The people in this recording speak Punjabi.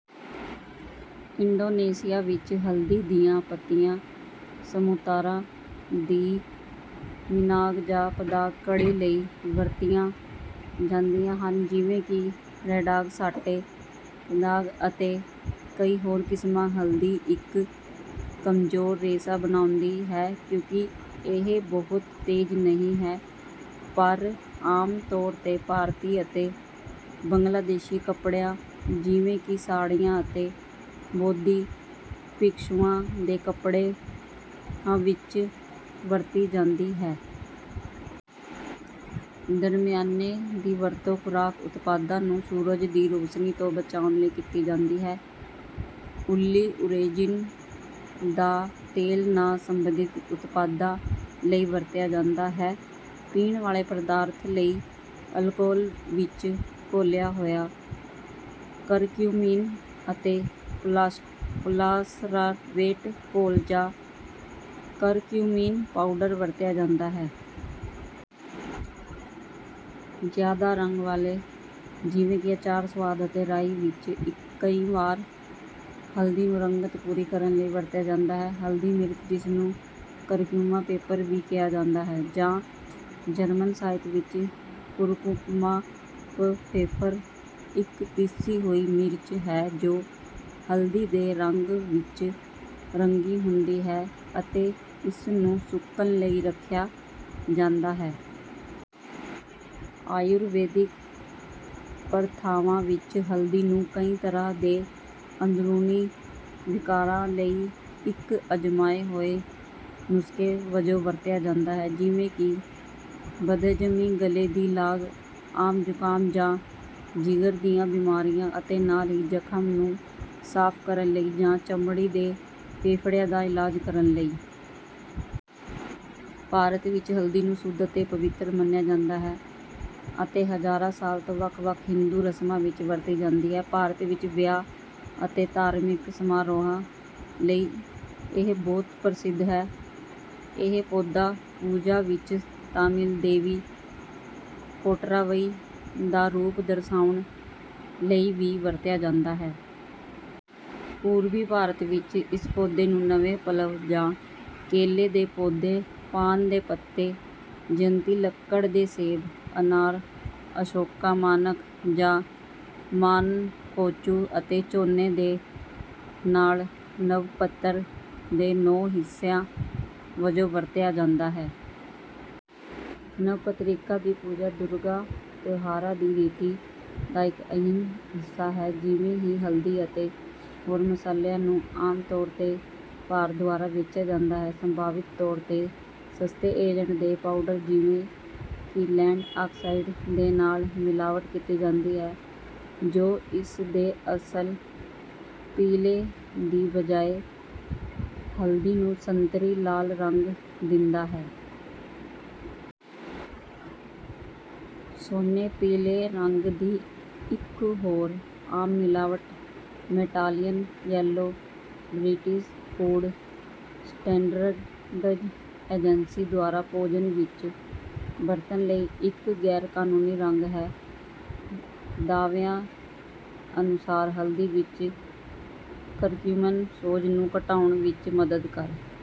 ਇੰਡੋਨੇਸ਼ੀਆ ਵਿੱਚ, ਹਲਦੀ ਦੀਆਂ ਪੱਤੀਆਂ ਸੁਮਾਤਰਾ ਦੀ ਮਿਨਾਂਗ ਜਾਂ ਪਦਾਂਗ ਕੜ੍ਹੀ ਲਈ ਵਰਤੀਆਂ ਜਾਂਦੀਆਂ ਹਨ, ਜਿਵੇਂ ਕਿ ਰੈਂਡਾਂਗ, ਸਾਟੇ ਪਦਾਂਗ ਅਤੇ ਕਈ ਹੋਰ ਕਿਸਮਾਂ। ਹਲਦੀ ਇੱਕ ਕਮਜ਼ੋਰ ਰੇਸ਼ਾ ਬਣਾਉਂਦੀ ਹੈ, ਕਿਉਂਕਿ ਇਹ ਬਹੁਤ ਤੇਜ਼ ਨਹੀਂ ਹੈ, ਪਰ ਆਮ ਤੌਰ 'ਤੇ ਭਾਰਤੀ ਅਤੇ ਬੰਗਲਾਦੇਸ਼ੀ ਕੱਪੜਿਆਂ, ਜਿਵੇਂ ਕਿ ਸਾੜ੍ਹੀਆਂ ਅਤੇ ਬੋਧੀ ਭਿਕਸ਼ੂਆਂ ਦੇ ਕੱਪੜਿਆਂ ਵਿੱਚ ਵਰਤੀ ਜਾਂਦੀ ਹੈ। ਦਰਮਿਆਨੇ ਦੀ ਵਰਤੋਂ ਖੁਰਾਕ ਉਤਪਾਦਾਂ ਨੂੰ ਸੂਰਜ ਦੀ ਰੌਸ਼ਨੀ ਤੋਂ ਬਚਾਉਣ ਲਈ ਕੀਤੀ ਜਾਂਦੀ ਹੈ। ਓਲੀਓਰੇਜ਼ਿਨ ਦਾ ਤੇਲ ਨਾਲ ਸਬੰਧਿਤ ਉਤਪਾਦਾਂ ਲਈ ਵਰਤਿਆ ਜਾਂਦਾ ਹੈ। ਪੀਣ ਵਾਲੇ ਪਦਾਰਥਾਂ ਲਈ ਅਲਕੋਹਲ ਵਿੱਚ ਘੋਲਿਆ ਹੋਇਆ ਕਰਕਿਊਮਿਨ ਅਤੇ ਪੋਲੀਸਾਰਬੇਟ ਘੋਲ ਜਾਂ ਕਰਕਿਊਮਿਨ ਪਾਊਡਰ ਵਰਤਿਆ ਜਾਂਦਾ ਹੈ। ਜ਼ਿਆਦਾ ਰੰਗ ਵਾਲੇ, ਜਿਵੇਂ ਕਿ ਅਚਾਰ, ਸੁਆਦ ਅਤੇ ਰਾਈ ਵਿੱਚ, ਕਈ ਵਾਰ ਹਲਦੀ ਨੂੰ ਰੰਗਤ ਪੂਰੀ ਕਰਨ ਲਈ ਵਰਤਿਆ ਜਾਂਦਾ ਹੈ। ਹਲਦੀ ਮਿਰਚ, ਜਿਸ ਨੂੰ ਕਰਕਿਊਮਾ ਪੈਪਰ ਵੀ ਕਿਹਾ ਜਾਂਦਾ ਹੈ ਜਾਂ ਜਰਮਨ ਸਾਹਿਤ ਵਿੱਚ ਕੁਰਕੁਮਾਪਫੈਫਰ, ਇੱਕ ਪੀਸੀ ਹੋਈ ਮਿਰਚ ਹੈ ਜੋ ਹਲਦੀ ਦੇ ਰੰਗ ਵਿੱਚ ਰੰਗੀ ਹੁੰਦੀ ਹੈ ਅਤੇ ਇਸ ਨੂੰ ਸੁੱਕਣ ਲਈ ਰੱਖਿਆ ਜਾਂਦਾ ਹੈ। ਆਯੁਰਵੈਦਿਕ ਪ੍ਰਥਾਵਾਂ ਵਿੱਚ, ਹਲਦੀ ਨੂੰ ਕਈ ਤਰ੍ਹਾਂ ਦੇ ਅੰਦਰੂਨੀ ਵਿਕਾਰਾਂ ਲਈ ਇੱਕ ਅਜ਼ਮਾਏ ਹੋਏ ਨੁਸਖੇ ਵਜੋਂ ਵਰਤਿਆ ਜਾਂਦਾ ਹੈ, ਜਿਵੇਂ ਕਿ ਬਦਹਜ਼ਮੀ, ਗਲੇ ਦੀ ਲਾਗ, ਆਮ ਜ਼ੁਕਾਮ ਜਾਂ ਜਿਗਰ ਦੀਆਂ ਬਿਮਾਰੀਆਂ, ਅਤੇ ਨਾਲ ਹੀ ਜ਼ਖ਼ਮ ਨੂੰ ਸਾਫ਼ ਕਰਨ ਲਈ ਜਾਂ ਚਮੜੀ ਦੇ ਫੋੜਿਆਂ ਦਾ ਇਲਾਜ ਕਰਨ ਲਈ। ਭਾਰਤ ਵਿੱਚ ਹਲਦੀ ਨੂੰ ਸ਼ੁੱਧ ਅਤੇ ਪਵਿੱਤਰ ਮੰਨਿਆ ਜਾਂਦਾ ਹੈ ਅਤੇ ਹਜ਼ਾਰਾਂ ਸਾਲਾਂ ਤੋਂ ਵੱਖ-ਵੱਖ ਹਿੰਦੂ ਰਸਮਾਂ ਵਿੱਚ ਵਰਤੀ ਜਾਂਦੀ ਹੈ। ਭਾਰਤ ਵਿੱਚ ਵਿਆਹ ਅਤੇ ਧਾਰਮਿਕ ਸਮਾਰੋਹਾਂ ਲਈ ਇਹ ਬਹੁਤ ਪ੍ਰਸਿੱਧ ਹੈ। ਇਹ ਪੌਦਾ ਪੂਜਾ ਵਿੱਚ ਤਾਮਿਲ ਦੇਵੀ ਕੋਟਰਾਵਈ ਦਾ ਰੂਪ ਦਰਸਾਉਣ ਲਈ ਵੀ ਵਰਤਿਆ ਜਾਂਦਾ ਹੈ। ਪੂਰਬੀ ਭਾਰਤ ਵਿੱਚ, ਇਸ ਪੌਦੇ ਨੂੰ ਨਵੇਂ ਪੱਲਵ ਜਾਂ ਕੇਲੇ ਦੇ ਪੌਦੇ, ਪਾਨ ਦੇ ਪੱਤੇ, ਜਯੰਤੀ, ਲੱਕੜ ਦੇ ਸੇਬ, ਅਨਾਰ, ਅਸ਼ੋਕਾ, ਮਾਨਕ ਜਾਂ ਮਾਨਕੋਚੂ ਅਤੇ ਝੋਨੇ ਦੇ ਨਾਲ ਨਵਪੱਤਰ ਦੇ ਨੌਂ ਹਿੱਸਿਆਂ ਵਜੋਂ ਵਰਤਿਆ ਜਾਂਦਾ ਹੈ। ਨਵਪੱਤ੍ਰਿਕਾ ਦੀ ਪੂਜਾ ਦੁਰਗਾ ਤਿਉਹਾਰਾਂ ਦੀ ਰੀਤੀ ਦਾ ਇੱਕ ਅਹਿਮ ਹਿੱਸਾ ਹੈ। ਜਿਵੇਂ ਹੀ ਹਲਦੀ ਅਤੇ ਹੋਰ ਮਸਾਲਿਆਂ ਨੂੰ ਆਮ ਤੌਰ 'ਤੇ ਭਾਰ ਦੁਆਰਾ ਵੇਚਿਆ ਜਾਂਦਾ ਹੈ, ਸੰਭਾਵਿਤ ਤੌਰ 'ਤੇ ਸਸਤੇ ਏਜੰਟ ਦੇ ਪਾਊਡਰ, ਜਿਵੇਂ ਕਿ ਲੈੱਡ ਆਕਸਾਈਡ ਦੇ ਨਾਲ ਮਿਲਾਵਟ ਕੀਤੀ ਜਾਂਦੀ ਹੈ, ਜੋ ਇਸ ਦੇ ਅਸਲ ਪੀਲੇ ਦੀ ਬਜਾਏ ਹਲਦੀ ਨੂੰ ਸੰਤਰੀ-ਲਾਲ ਰੰਗ ਦਿੰਦਾ ਹੈ। ਸੋਨੇ-ਪੀਲੇ ਰੰਗ ਦੀ ਇੱਕ ਹੋਰ ਆਮ ਮਿਲਾਵਟ, metanil yellow, British Food Standards Agency ਦੁਆਰਾ ਭੋਜਨ ਵਿੱਚ ਵਰਤਣ ਲਈ ਇੱਕ ਗੈਰ-ਕਾਨੂੰਨੀ ਰੰਗ ਹੈ। ਦਾਅਵਿਆਂ ਅਨੁਸਾਰ ਹਲਦੀ ਵਿੱਚ ਕਰਕਿਊਮਿਨ ਸੋਜ ਨੂੰ ਘਟਾਉਣ ਵਿੱਚ ਮਦਦ ਕਰ